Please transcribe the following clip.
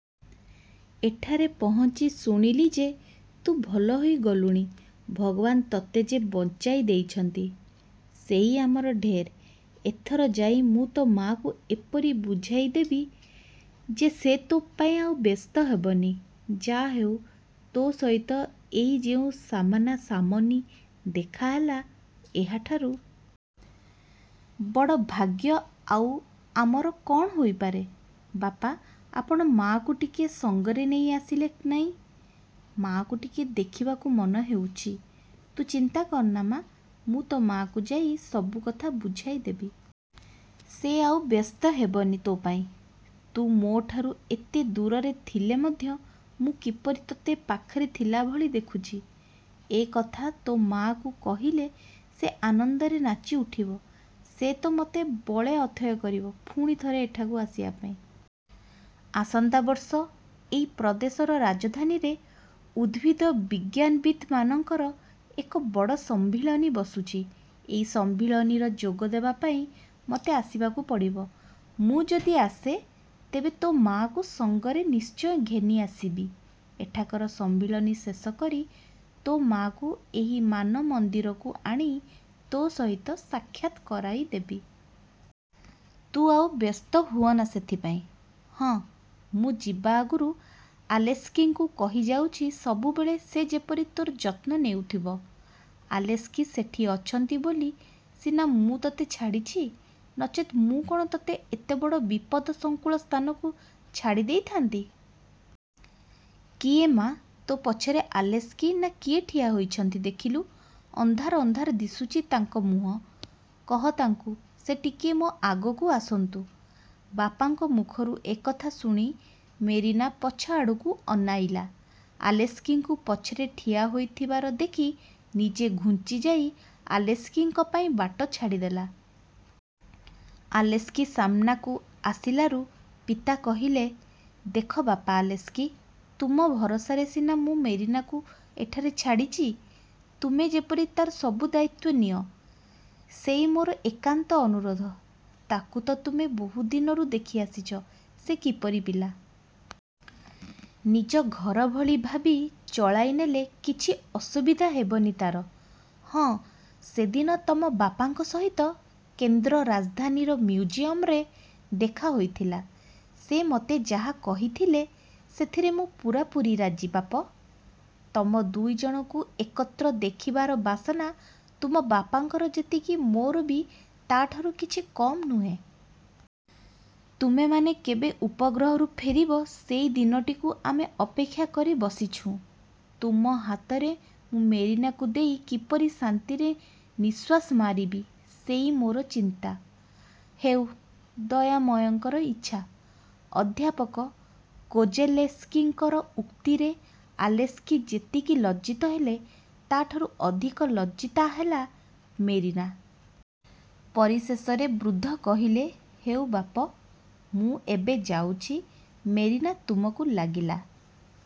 ଏଠାରେ ପହଞ୍ଚି ଶୁଣିଲି ଯେ ତୁ ଭଲ ହୋଇଗଲୁଣି। ଭଗବାନ ତୋତେ ଯେ ବଞ୍ଚାଇ ଦେଇଛନ୍ତି, ସେହି ଆମର ଢେର୍-। ଏଥର ଯାଇ ମୁଁ ତୋ' ମା'କୁ ଏପରି ବୁଝାଇ ଦେବି ଯେ ସେ ତୋ' ପାଇଁ ଆଉ ବ୍ୟସ୍ତ ହେବନି। ଯା' ହେଉ ତୋ ସହିତ ଏହି ଯେଉଁ ସାମନାସାମନି ଦେଖାହେଲା, ଏହାଠାରୁ। ବଡ଼ ଭାଗ୍ୟ ଆଉ ଆମର କ'ଣ ହୋଇପାରେ। '' ''ବାପା, ଆପଣ ମା'କୁ ଟିକିଏ ସଙ୍ଗରେ ନେଇ ଆସିଲେ ନାହିଁ? ମା'କୁ ଟିକିଏ ଦେଖିବାକୁ ମନ ହେଉଛି। '' ''ତୁ ଚିନ୍ତା କରନା ମା! ମୁଁ ତୋ ମା'କୁ ଯାଇ ସବୁ କଥା ବୁଝାଇ ଦେବି। ସେ ଆଉ ବ୍ୟସ୍ତ ହେବନି ତୋ ପାଇଁ। ତୁ ମୋ'ଠାରୁ ଏତେ ଦୂରରେ ଥିଲେ ମଧ୍ୟ ମୁଁ କିପରି ତୋତେ ପାଖରେ ଥିଲା ଭଳି ଦେଖୁଛି, ଏ କଥା ତୋ ମା'କୁ କହିଲେ ସେ ଆନନ୍ଦରେ ନାଚି ଉଠିବ। ସେ ତ ମୋତେ ବଳେ ଅଥୟ କରିବ ପୁଣି ଥରେ ଏଠାକୁ ଆସିବା ପାଇଁ। ଆସନ୍ତା ବର୍ଷ ଏହି ପ୍ରଦେଶର ରାଜଧାନୀରେ ଉଦ୍ଭିଦବିଜ୍ଞାନବିତ୍ ମାନଙ୍କର ଏକ ବଡ଼ ସମ୍ମିଳନୀ ବସୁଛି। ଏହି ସମ୍ମିଳନୀର ଯୋଗଦେବା ପାଇଁ ମୋତେ ଆସିବାକୁ ପଡ଼ିବ। ମୁଁ ଯଦି ଆସେ, ତେବେ ତୋ ମା'କୁ ସଙ୍ଗରେ ନିଶ୍ଚୟ ଘେନି ଆସିବି। ଏଠାକାର ସମ୍ମିଳନୀ ଶେଷ କରି ତୋ ମା'କୁ ଏହି ମାନମନ୍ଦିରକୁ ଆଣି ତୋ ସହିତ ସାକ୍ଷାତ୍ କରାଇଦେବି। ତୁ ଆଉ ବ୍ୟସ୍ତ ହୁଅନା ସେଥିପାଇଁ। ହଁ, ମୁଁ ଯିବାଆଗରୁ ଆଲେସ୍କିଙ୍କୁ କହିଯାଉଛି, ସବୁବେଳେ ସେ ଯେପରି ତୋର ଯତ୍ନ ନେଉଥିବ। ଆଲେସ୍କି ସେଠି ଅଛନ୍ତି ବୋଲି ସିନା ମୁଁ ତୋତେ ଛାଡ଼ିଛି; ନଚେତ୍ ମୁଁ କ'ଣ ତୋତେ ଏତେ ବଡ଼ ବିପଦସଂକୁଳ ସ୍ଥାନକୁ ଛାଡ଼ି ଦେଇଥାନ୍ତି। କିଏ ମା, ତୋ ପଛରେ ଆଲେସ୍କି ନା କିଏ ଠିଆ ହୋଇଛନ୍ତି ଦେଖିଲୁ। ଅନ୍ଧାର ଅନ୍ଧାର ଦିଶୁଛି ତାଙ୍କ ମୁହଁ। କହ ତାଙ୍କୁ, ସେ ଟିକିଏ ମୋ ଆଗକୁ ଆସନ୍ତୁ। '' ବାପାଙ୍କ ମୁଖରୁ ଏକଥା ଶୁଣି ମେରିନା ପଛଆଡ଼କୁ ଅନାଇଲା। ଆଲେସ୍କିଙ୍କୁ ପଛରେ ଠିଆହୋଇଥିବାର ଦେଖି ନିଜେ ଘୁଞ୍ଚିଯାଇ ଆଲେସ୍କିଙ୍କ ପାଇଁ ବାଟ ଛାଡ଼ିଦେଲା। ଆଲେସ୍କି ସାମନାକୁ ଆସିଲାରୁ ପିତା କହିଲେ, ''ଦେଖ ବାପା ଆଲେସ୍କି, ତୁମ ଭରସାରେ ସିନା ମୁଁ ମେରିନାକୁ ଏଠାରେ ଛାଡ଼ିଛି। ତୁମେ ଯେପରି ତାର ସବୁ ଦାୟିତ୍ୱ ନିଅ, ସେଇ ମୋର ଏକାନ୍ତ ଅନୁରୋଧ। ତାକୁ ତ ତୁମେ ବହୁ ଦିନରୁ ଦେଖିଆସିଛ, ସେ କିପରି ପିଲା। ନିଜ ଘର ଭଳି ଭାବି ଚଳାଇନେଲେ କିଛି ଅସୁବିଧା ହେବନି ତାର। ହଁ, ସେଦିନ ତମ ବାପାଙ୍କ ସହିତ କେନ୍ଦ୍ର ରାଜଧାନୀର ମିଉଜିଅମ୍ରେ ଦେଖାହୋଇଥିଲା। ସେ ମୋତେ ଯାହା କହିଥିଲେ, ସେଥିରେ ମୁଁ ପୂରାପୂରି ରାଜି ବାପ! ତମ ଦୁଇଜଣଙ୍କୁ ଏକତ୍ର ଦେଖିବାର ବାସନା ତୁମ ବାପାଙ୍କର ଯେତିକି, ମୋର ବି ତାଠାରୁ କିଛି କମ୍ ନୁହେଁ। ତୁମେମାନେ କେବେ ଉପଗ୍ରହରୁ ଫେରିବ ସେଇ ଦିନଟିକୁ ଆମେ ଅପେକ୍ଷା କରି ବସିଛୁଁ। ତୁମ ହାତରେ ମୁଁ ମେରିନାକୁ ଦେଇ କିପରି ଶାନ୍ତିରେ ନିଃଶ୍ୱାସ ମାରିବି ସେଇ ମୋର ଚିନ୍ତା। ହେଉ, ଦୟାମୟଙ୍କର ଇଚ୍ଛା। '' ଅଧ୍ୟାପକ କୋଜେଲେସ୍କିଙ୍କର ଉକ୍ତିରେ ଆଲେସ୍କି ଯେତିକି ଲଜ୍ଜିତ ହେଲେ, ତାଠାରୁ ଅଧିକ ଲଜ୍ଜିତା ହେଲା ମେରିନା। ପରିଶେଷରେ ବୃଦ୍ଧ କହିଲେ, ''ହେଉ ବାପ, ମୁଁ ଏବେ ଯାଉଛି। ମେରିନା ତୁମକୁ ଲାଗିଲା।